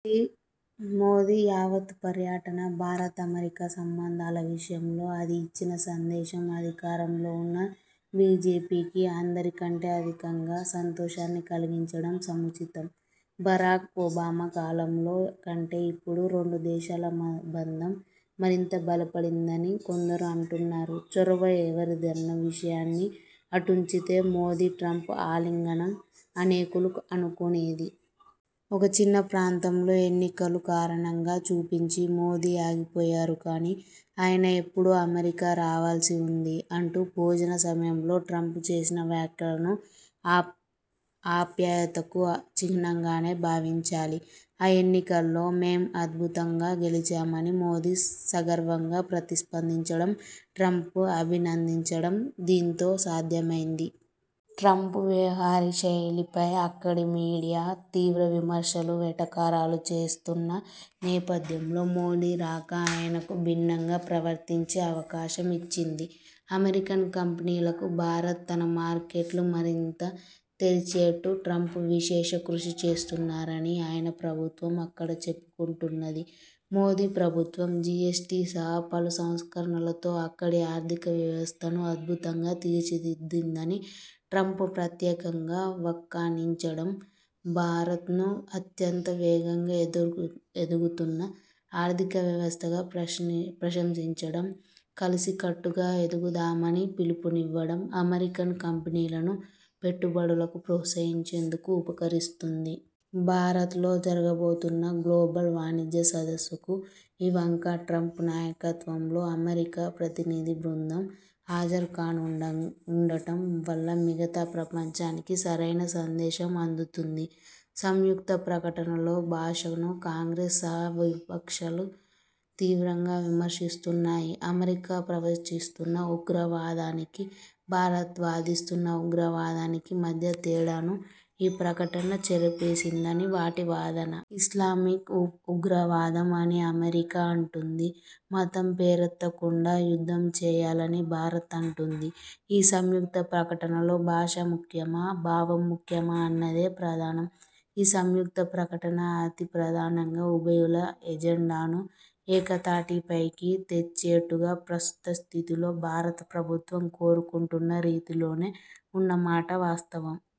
మోదీ యావత్తు పర్యటన, భారత్–అమెరికా సంబంధాల విషయంలో అది ఇచ్చిన సందేశం అధికారంలో ఉన్న బీజేపీకి అందరికంటే అధికంగా సంతోషాన్ని కలిగించడం సముచితం. బరాక్ ఒబామా కాలంలో కంటే ఇప్పుడు రెండు దేశాల బంధం మరింత బలపడిందని కొందరు అంటున్నారు. చొరవ ఎవరిదన్న విషయాన్ని అటుంచితే, మోదీ ట్రంప్ ఆలింగనం అనేకులు అనుకోనిది. 'ఒక చిన్నప్రాంతంలో ఎన్నికలు కారణంగా చూపించి మోదీ ఆగిపోయారు కానీ, ఆయన ఎప్పుడో అమెరికా రావాల్సి వుంది' అంటూ భోజన సమయంలో ట్రంప్ చేసిన వ్యాఖ్యను ఆప్యాయతకు చిహ్నంగానే భావించాలి. ఆ ఎన్నికల్లో మేం అద్భుతంగా గెలిచాం అని మోదీ సగర్వంగా ప్రతిస్పందించడం, ట్రంప్ అభినందించడం దీంతో సాధ్యమైంది. ట్రంప్ వ్యవహారశైలిపై అక్కడి మీడియా తీవ్ర విమర్శలు, వెటకారాలు చేస్తున్న నేపథ్యంలో, మోదీ రాక ఆయనకు భిన్నంగా ప్రవర్తించే అవకాశం ఇచ్చింది. అమెరికన్ కంపెనీలకు భారత్ తన మార్కెట్లు మరింత తెరిచేట్టు ట్రంప్ విశేష కృషి చేస్తున్నారని ఆయన ప్రభుత్వం అక్కడ చెప్పుకుంటున్నది. మోదీ ప్రభుత్వం జీఎస్టీ సహా పలు సంస్కరణలతో అక్కడి ఆర్థిక వ్యవస్థను అద్భుతంగా తీర్చిదిద్దిందని ట్రంప్ ప్రత్యేకంగా వక్కాణించడం, భారత్ను అత్యంత వేగంగా ఎదుగుతున్న ఆర్థికవ్యవస్థగా ప్రశంసించడం, కలసికట్టుగా ఎదుగుదామని పిలుపునివ్వడం అమెరికన్ కంపెనీలను పెట్టుబడులకు ప్రోత్సహించేందుకు ఉపకరిస్తుంది. భారత్లో జరగబోతున్న గ్లోబల్ వాణిజ్య సదస్సుకు ఇవాంకా ట్రంప్ నాయకత్వంలో అమెరికా ప్రతినిధి బృందం హాజరుకానుండటం వల్ల మిగతా ప్రపంచానికి సరైన సందేశం అందుతుంది. సంయుక్త ప్రకటనలో భాషను కాంగ్రెస్ సహా విపక్షాలు తీవ్రంగా విమర్శిస్తున్నాయి. అమెరికా ప్రవచిస్తున్న ఉగ్రవాదానికీ, భారత్ వాదిస్తున్న ఉగ్రవాదానికీ మధ్య తేడాను ఈ ప్రకటన చెరిపేసిందని వాటి వాదన. ఇస్లామిక్ ఉగ్రవాదం అని అమెరికా అంటుంది. మతం పేరెత్తకుండా యుద్ధం చేయాలని భారత్ అంటుంది. ఈ సంయుక్త ప్రకటనలో భాష ముఖ్యమా, భావం ముఖ్యమా అన్నదే ప్రధానం. ఈ సంయుక్త ప్రకటన అతిప్రధానంగా ఉభయుల ఎజెండానూ ఏకతాటిపైకి తెచ్చేట్టుగా, ప్రస్తుత స్థితిలో భారతప్రభుత్వం కోరుకుంటున్న రీతిలోనే ఉన్నమాట వాస్తవం.